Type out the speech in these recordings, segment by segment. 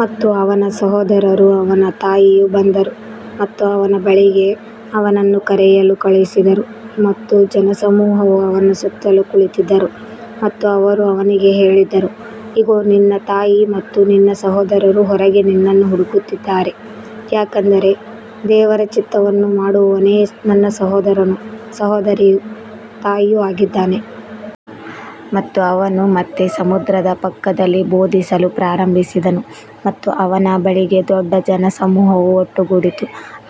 ಮತ್ತು ಅವನ ಸಹೋದರರೂ ಅವನ ತಾಯಿಯೂ ಬಂದರು ಮತ್ತು ಅವನ ಬಳಿಗೆ ಅವನನ್ನು ಕರೆಯಲು ಕಳುಹಿಸಿದರು ಮತ್ತು ಜನಸಮೂಹವು ಅವನ ಸುತ್ತಲೂ ಕುಳಿತಿದ್ದರು ಮತ್ತು ಅವರು ಅವನಿಗೆ ಹೇಳಿದರು, ಇಗೋ, ನಿನ್ನ ತಾಯಿ ಮತ್ತು ನಿನ್ನ ಸಹೋದರರು ಹೊರಗೆ ನಿನ್ನನ್ನು ಹುಡುಕುತ್ತಿದ್ದಾರೆ. ಯಾಕಂದರೆ ದೇವರ ಚಿತ್ತವನ್ನು ಮಾಡುವವನೇ ನನ್ನ ಸಹೋದರನೂ ಸಹೋದರಿಯೂ ತಾಯಿಯೂ ಆಗಿದ್ದಾನೆ. ಮತ್ತು ಅವನು ಮತ್ತೆ ಸಮುದ್ರದ ಪಕ್ಕದಲ್ಲಿ ಬೋಧಿಸಲು ಪ್ರಾರಂಭಿಸಿದನು ಮತ್ತು ಅವನ ಬಳಿಗೆ ದೊಡ್ಡ ಜನಸಮೂಹವು ಒಟ್ಟುಗೂಡಿತು,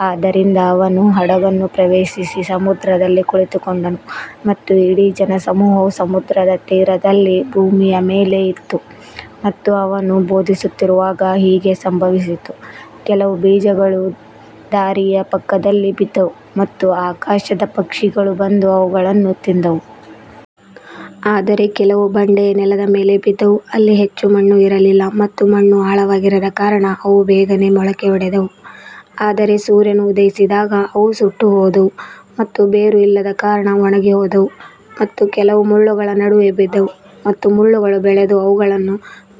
ಆದ್ದರಿಂದ ಅವನು ಹಡಗನ್ನು ಪ್ರವೇಶಿಸಿ ಸಮುದ್ರದಲ್ಲಿ ಕುಳಿತುಕೊಂಡನು ಮತ್ತು ಇಡೀ ಜನಸಮೂಹವು ಸಮುದ್ರದ ತೀರದಲ್ಲಿ ಭೂಮಿಯ ಮೇಲೆ ಇತ್ತು. ಮತ್ತು ಅವನು ಬೋಧಿಸುತ್ತಿರುವಾಗ ಹೀಗೆ ಸಂಭವಿಸಿತು, ಕೆಲವು ಬೀಜಗಳು ದಾರಿಯ ಪಕ್ಕದಲ್ಲಿ ಬಿದ್ದವು ಮತ್ತು ಆಕಾಶದ ಪಕ್ಷಿಗಳು ಬಂದು ಅವುಗಳನ್ನು ತಿಂದವು. ಆದರೆ ಕೆಲವು ಬಂಡೆಯ ನೆಲದ ಮೇಲೆ ಬಿದ್ದವು, ಅಲ್ಲಿ ಹೆಚ್ಚು ಮಣ್ಣು ಇರಲಿಲ್ಲ ಮತ್ತು ಮಣ್ಣು ಆಳವಾಗಿರದ ಕಾರಣ ಅವು ಬೇಗನೆ ಮೊಳಕೆಯೊಡೆದವು. ಆದರೆ ಸೂರ್ಯನು ಉದಯಿಸಿದಾಗ ಅವು ಸುಟ್ಟುಹೋದವು ಮತ್ತು ಬೇರು ಇಲ್ಲದ ಕಾರಣ ಒಣಗಿಹೋದವು. ಮತ್ತು ಕೆಲವು ಮುಳ್ಳುಗಳ ನಡುವೆ ಬಿದ್ದವು ಮತ್ತು ಮುಳ್ಳುಗಳು ಬೆಳೆದು ಅವುಗಳನ್ನು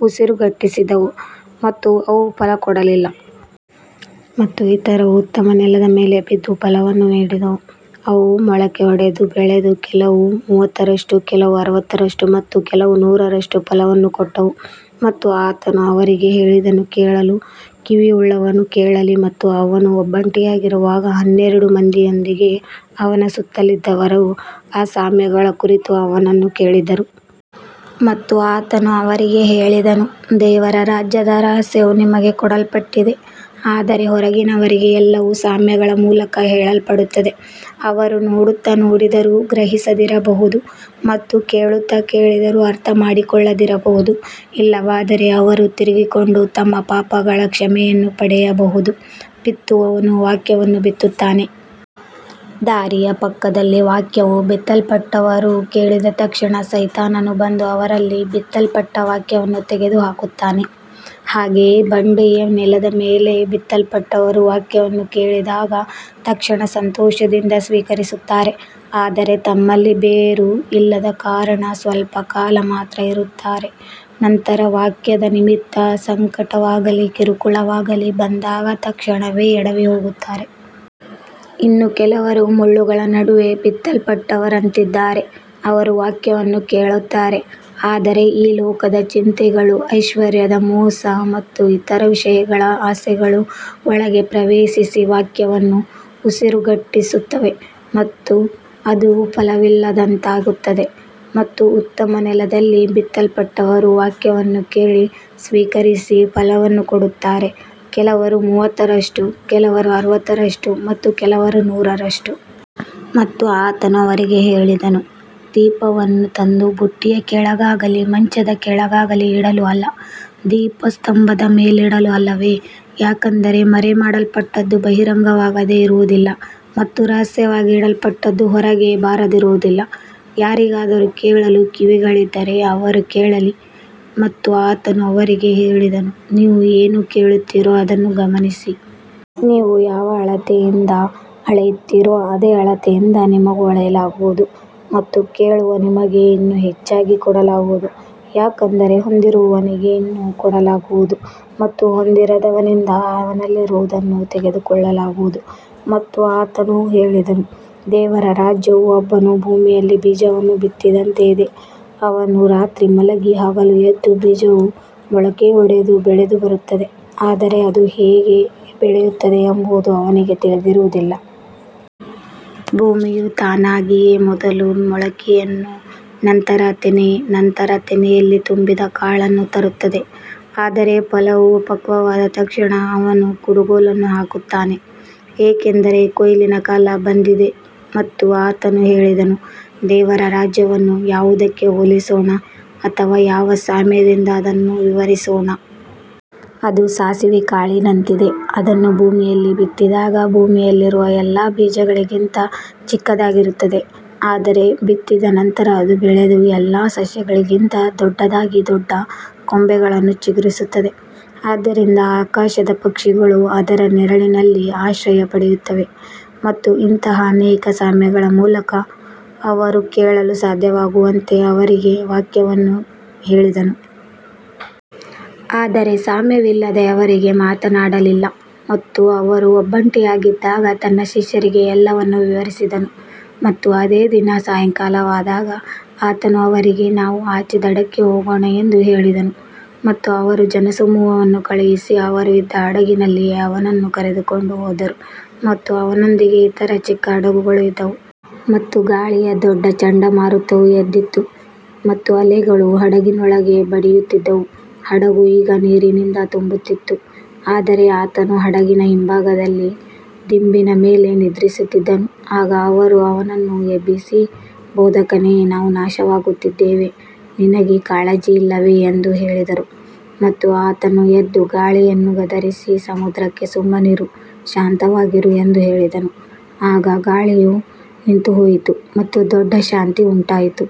ಉಸಿರುಗಟ್ಟಿಸಿದವು ಮತ್ತು ಅವು ಫಲ ಕೊಡಲಿಲ್ಲ. ಮತ್ತು ಇತರವು ಉತ್ತಮ ನೆಲದ ಮೇಲೆ ಬಿದ್ದು ಫಲವನ್ನು ನೀಡಿದವು, ಅವು ಮೊಳಕೆಯೊಡೆದು ಬೆಳೆದು ಕೆಲವು ಮೂವತ್ತರಷ್ಟು, ಕೆಲವು ಅರವತ್ತರಷ್ಟು ಮತ್ತು ಕೆಲವು ನೂರರಷ್ಟು ಫಲವನ್ನು ಕೊಟ್ಟವು. ಮತ್ತು ಆತನು ಅವರಿಗೆ ಹೇಳಿದನು, ಕೇಳಲು ಕಿವಿಯುಳ್ಳವನು ಕೇಳಲಿ. ಮತ್ತು ಅವನು ಒಬ್ಬಂಟಿಯಾಗಿರುವಾಗ ಹನ್ನೆರಡು ಮಂದಿಯೊಂದಿಗೆ ಅವನ ಸುತ್ತಲಿದ್ದವರು ಆ ಸಾಮ್ಯಗಳ ಕುರಿತು ಅವನನ್ನು ಕೇಳಿದರು. ಮತ್ತು ಆತನು ಅವರಿಗೆ ಹೇಳಿದನು, ದೇವರ ರಾಜ್ಯದ ರಹಸ್ಯವು ನಿಮಗೆ ಕೊಡಲ್ಪಟ್ಟಿದೆ, ಆದರೆ ಹೊರಗಿನವರಿಗೆ ಎಲ್ಲವೂ ಸಾಮ್ಯಗಳ ಮೂಲಕ ಹೇಳಲ್ಪಡುತ್ತದೆ, ಅವರು ನೋಡುತ್ತಾ ನೋಡಿದರೂ ಗ್ರಹಿಸದಿರಬಹುದು ಮತ್ತು ಕೇಳುತ್ತಾ ಕೇಳಿದರೂ ಅರ್ಥಮಾಡಿಕೊಳ್ಳದಿರಬಹುದು, ಇಲ್ಲವಾದರೆ ಅವರು ತಿರುಗಿಕೊಂಡು ತಮ್ಮ ಪಾಪಗಳ ಕ್ಷಮೆಯನ್ನು ಪಡೆಯಬಹುದು. ಬಿತ್ತುವವನು ವಾಕ್ಯವನ್ನು ಬಿತ್ತುತ್ತಾನೆ. ದಾರಿಯ ಪಕ್ಕದಲ್ಲಿ ವಾಕ್ಯವು ಬಿತ್ತಲ್ಪಟ್ಟವರು ಕೇಳಿದ ತಕ್ಷಣ ಸೈತಾನನು ಬಂದು ಅವರಲ್ಲಿ ಬಿತ್ತಲ್ಪಟ್ಟ ವಾಕ್ಯವನ್ನು ತೆಗೆದುಹಾಕುತ್ತಾನೆ. ಹಾಗೆಯೇ ಬಂಡೆಯ ನೆಲದ ಮೇಲೆ ಬಿತ್ತಲ್ಪಟ್ಟವರು ವಾಕ್ಯವನ್ನು ಕೇಳಿದಾಗ ತಕ್ಷಣ ಸಂತೋಷದಿಂದ ಸ್ವೀಕರಿಸುತ್ತಾರೆ. ಆದರೆ ತಮ್ಮಲ್ಲಿ ಬೇರು ಇಲ್ಲದ ಕಾರಣ ಸ್ವಲ್ಪ ಕಾಲ ಮಾತ್ರ ಇರುತ್ತಾರೆ, ನಂತರ ವಾಕ್ಯದ ನಿಮಿತ್ತ ಸಂಕಟವಾಗಲಿ ಕಿರುಕುಳವಾಗಲಿ ಬಂದಾಗ ತಕ್ಷಣವೇ ಎಡವಿಹೋಗುತ್ತಾರೆ. ಇನ್ನೂ ಕೆಲವರು ಮುಳ್ಳುಗಳ ನಡುವೆ ಬಿತ್ತಲ್ಪಟ್ಟವರಂತಿದ್ದಾರೆ, ಅವರು ವಾಕ್ಯವನ್ನು ಕೇಳುತ್ತಾರೆ, ಆದರೆ ಈ ಲೋಕದ ಚಿಂತೆಗಳು, ಐಶ್ವರ್ಯದ ಮೋಸ ಮತ್ತು ಇತರ ವಿಷಯಗಳ ಆಸೆಗಳು ಒಳಗೆ ಪ್ರವೇಶಿಸಿ ವಾಕ್ಯವನ್ನು ಉಸಿರುಗಟ್ಟಿಸುತ್ತವೆ ಮತ್ತು ಅದು ಫಲವಿಲ್ಲದಂತಾಗುತ್ತದೆ. ಮತ್ತು ಉತ್ತಮ ನೆಲದಲ್ಲಿ ಬಿತ್ತಲ್ಪಟ್ಟವರು ವಾಕ್ಯವನ್ನು ಕೇಳಿ ಸ್ವೀಕರಿಸಿ ಫಲವನ್ನು ಕೊಡುತ್ತಾರೆ, ಕೆಲವರು ಮೂವತ್ತರಷ್ಟು, ಕೆಲವರು ಅರವತ್ತರಷ್ಟು ಮತ್ತು ಕೆಲವರು ನೂರರಷ್ಟು. ಮತ್ತು ಆತನು ಅವರಿಗೆ ಹೇಳಿದನು, ದೀಪವನ್ನು ತಂದು ಬುಟ್ಟಿಯ ಕೆಳಗಾಗಲಿ ಮಂಚದ ಕೆಳಗಾಗಲಿ ಇಡಲು ಅಲ್ಲ, ದೀಪಸ್ತಂಭದ ಮೇಲಿಡಲು ಅಲ್ಲವೇ. ಯಾಕಂದರೆ ಮರೆಮಾಡಲ್ಪಟ್ಟದ್ದು ಬಹಿರಂಗವಾಗದೆ ಇರುವುದಿಲ್ಲ ಮತ್ತು ರಹಸ್ಯವಾಗಿ ಇಡಲ್ಪಟ್ಟದ್ದು ಹೊರಗೆ ಬಾರದಿರುವುದಿಲ್ಲ. ಯಾರಿಗಾದರೂ ಕೇಳಲು ಕಿವಿಗಳಿದ್ದರೆ ಅವನು ಕೇಳಲಿ. ಮತ್ತು ಆತನು ಅವರಿಗೆ ಹೇಳಿದನು, ನೀವು ಏನು ಕೇಳುತ್ತೀರೋ ಅದನ್ನು ಗಮನಿಸಿ. ನೀವು ಯಾವ ಅಳತೆಯಿಂದ ಅಳೆಯುತ್ತೀರೋ ಅದೇ ಅಳತೆಯಿಂದ ನಿಮಗೂ ಅಳೆಯಲಾಗುವುದು ಮತ್ತು ಕೇಳುವ ನಿಮಗೆ ಇನ್ನೂ ಹೆಚ್ಚಾಗಿ ಕೊಡಲಾಗುವುದು. ಯಾಕಂದರೆ ಹೊಂದಿರುವವನಿಗೆ ಇನ್ನೂ ಕೊಡಲಾಗುವುದು ಮತ್ತು ಹೊಂದಿರದವನಿಂದ ಅವನಲ್ಲಿರುವುದನ್ನೂ ತೆಗೆದುಕೊಳ್ಳಲಾಗುವುದು. ಮತ್ತು ಆತನು ಹೇಳಿದನು, ದೇವರ ರಾಜ್ಯವು ಒಬ್ಬನು ಭೂಮಿಯಲ್ಲಿ ಬೀಜವನ್ನು ಬಿತ್ತಿದಂತೆ ಇದೆ. ಅವನು ರಾತ್ರಿ ಮಲಗಿ ಹಗಲು ಎದ್ದು, ಬೀಜವು ಮೊಳಕೆಯೊಡೆದು ಬೆಳೆದುಬರುತ್ತದೆ, ಆದರೆ ಅದು ಹೇಗೆ ಬೆಳೆಯುತ್ತದೆ ಎಂಬುದು ಅವನಿಗೆ ತಿಳಿದಿರುವುದಿಲ್ಲ. ಭೂಮಿಯು ತಾನಾಗಿಯೇ ಮೊದಲು ಮೊಳಕೆಯನ್ನು, ನಂತರ ತೆನೆ, ನಂತರ ತೆನೆಯಲ್ಲಿ ತುಂಬಿದ ಕಾಳನ್ನು ತರುತ್ತದೆ. ಆದರೆ ಫಲವು ಪಕ್ವವಾದ ತಕ್ಷಣ ಅವನು ಕುಡುಗೋಲನ್ನು ಹಾಕುತ್ತಾನೆ, ಏಕೆಂದರೆ ಕೊಯ್ಲಿನ ಕಾಲ ಬಂದಿದೆ. ಮತ್ತು ಆತನು ಹೇಳಿದನು, ದೇವರ ರಾಜ್ಯವನ್ನು ಯಾವುದಕ್ಕೆ ಹೋಲಿಸೋಣ, ಅಥವಾ ಯಾವ ಸಾಮ್ಯದಿಂದ ಅದನ್ನು ವಿವರಿಸೋಣ. ಅದು ಸಾಸಿವೆ ಕಾಳಿನಂತಿದೆ, ಅದನ್ನು ಭೂಮಿಯಲ್ಲಿ ಬಿತ್ತಿದಾಗ ಭೂಮಿಯಲ್ಲಿರುವ ಎಲ್ಲಾ ಬೀಜಗಳಿಗಿಂತ ಚಿಕ್ಕದಾಗಿರುತ್ತದೆ. ಆದರೆ ಬಿತ್ತಿದ ನಂತರ ಅದು ಬೆಳೆದು ಎಲ್ಲಾ ಸಸ್ಯಗಳಿಗಿಂತ ದೊಡ್ಡದಾಗಿ, ದೊಡ್ಡ ಕೊಂಬೆಗಳನ್ನು ಚಿಗುರಿಸುತ್ತದೆ, ಆದ್ದರಿಂದ ಆಕಾಶದ ಪಕ್ಷಿಗಳು ಅದರ ನೆರಳಿನಲ್ಲಿ ಆಶ್ರಯ ಪಡೆಯುತ್ತವೆ. ಮತ್ತು ಇಂತಹ ಅನೇಕ ಸಾಮ್ಯಗಳ ಮೂಲಕ ಅವರು ಕೇಳಲು ಸಾಧ್ಯವಾಗುವಂತೆ ಅವರಿಗೆ ವಾಕ್ಯವನ್ನು ಹೇಳಿದನು. ಆದರೆ ಸಾಮ್ಯವಿಲ್ಲದೆ ಅವರಿಗೆ ಮಾತನಾಡಲಿಲ್ಲ. ಮತ್ತು ಅವರು ಒಬ್ಬಂಟಿಯಾಗಿದ್ದಾಗ ತನ್ನ ಶಿಷ್ಯರಿಗೆ ಎಲ್ಲವನ್ನೂ ವಿವರಿಸಿದನು. ಮತ್ತು ಅದೇ ದಿನ ಸಾಯಂಕಾಲವಾದಾಗ ಆತನು ಅವರಿಗೆ, ನಾವು ಆಚೆ ದಡಕ್ಕೆ ಹೋಗೋಣ ಎಂದು ಹೇಳಿದನು. ಮತ್ತು ಅವರು ಜನಸಮೂಹವನ್ನು ಕಳುಹಿಸಿ, ಅವರು ಇದ್ದ ಹಡಗಿನಲ್ಲಿಯೇ ಅವನನ್ನು ಕರೆದುಕೊಂಡು ಹೋದರು ಮತ್ತು ಅವನೊಂದಿಗೆ ಇತರ ಚಿಕ್ಕ ಹಡಗುಗಳೂ ಇದ್ದವು. ಮತ್ತು ಗಾಳಿಯ ದೊಡ್ಡ ಚಂಡಮಾರುತವು ಎದ್ದಿತು ಮತ್ತು ಅಲೆಗಳು ಹಡಗಿನೊಳಗೆ ಬಡಿಯುತ್ತಿದ್ದವು, ಹಡಗು ಈಗ ನೀರಿನಿಂದ ತುಂಬುತ್ತಿತ್ತು. ಆದರೆ ಆತನು ಹಡಗಿನ ಹಿಂಭಾಗದಲ್ಲಿ ದಿಂಬಿನ ಮೇಲೆ ನಿದ್ರಿಸುತ್ತಿದ್ದನು. ಆಗ ಅವರು ಅವನನ್ನು ಎಬ್ಬಿಸಿ, ಬೋಧಕನೇ, ನಾವು ನಾಶವಾಗುತ್ತಿದ್ದೇವೆ, ನಿನಗೆ ಕಾಳಜಿಯಿಲ್ಲವೇ ಎಂದು ಹೇಳಿದರು. ಮತ್ತು ಆತನು ಎದ್ದು ಗಾಳಿಯನ್ನು ಗದರಿಸಿ ಸಮುದ್ರಕ್ಕೆ, ಸುಮ್ಮನಿರು, ಶಾಂತವಾಗಿರು ಎಂದು ಹೇಳಿದನು. ಆಗ ಗಾಳಿಯು ನಿಂತುಹೋಯಿತು ಮತ್ತು ದೊಡ್ಡ ಶಾಂತಿ ಉಂಟಾಯಿತು.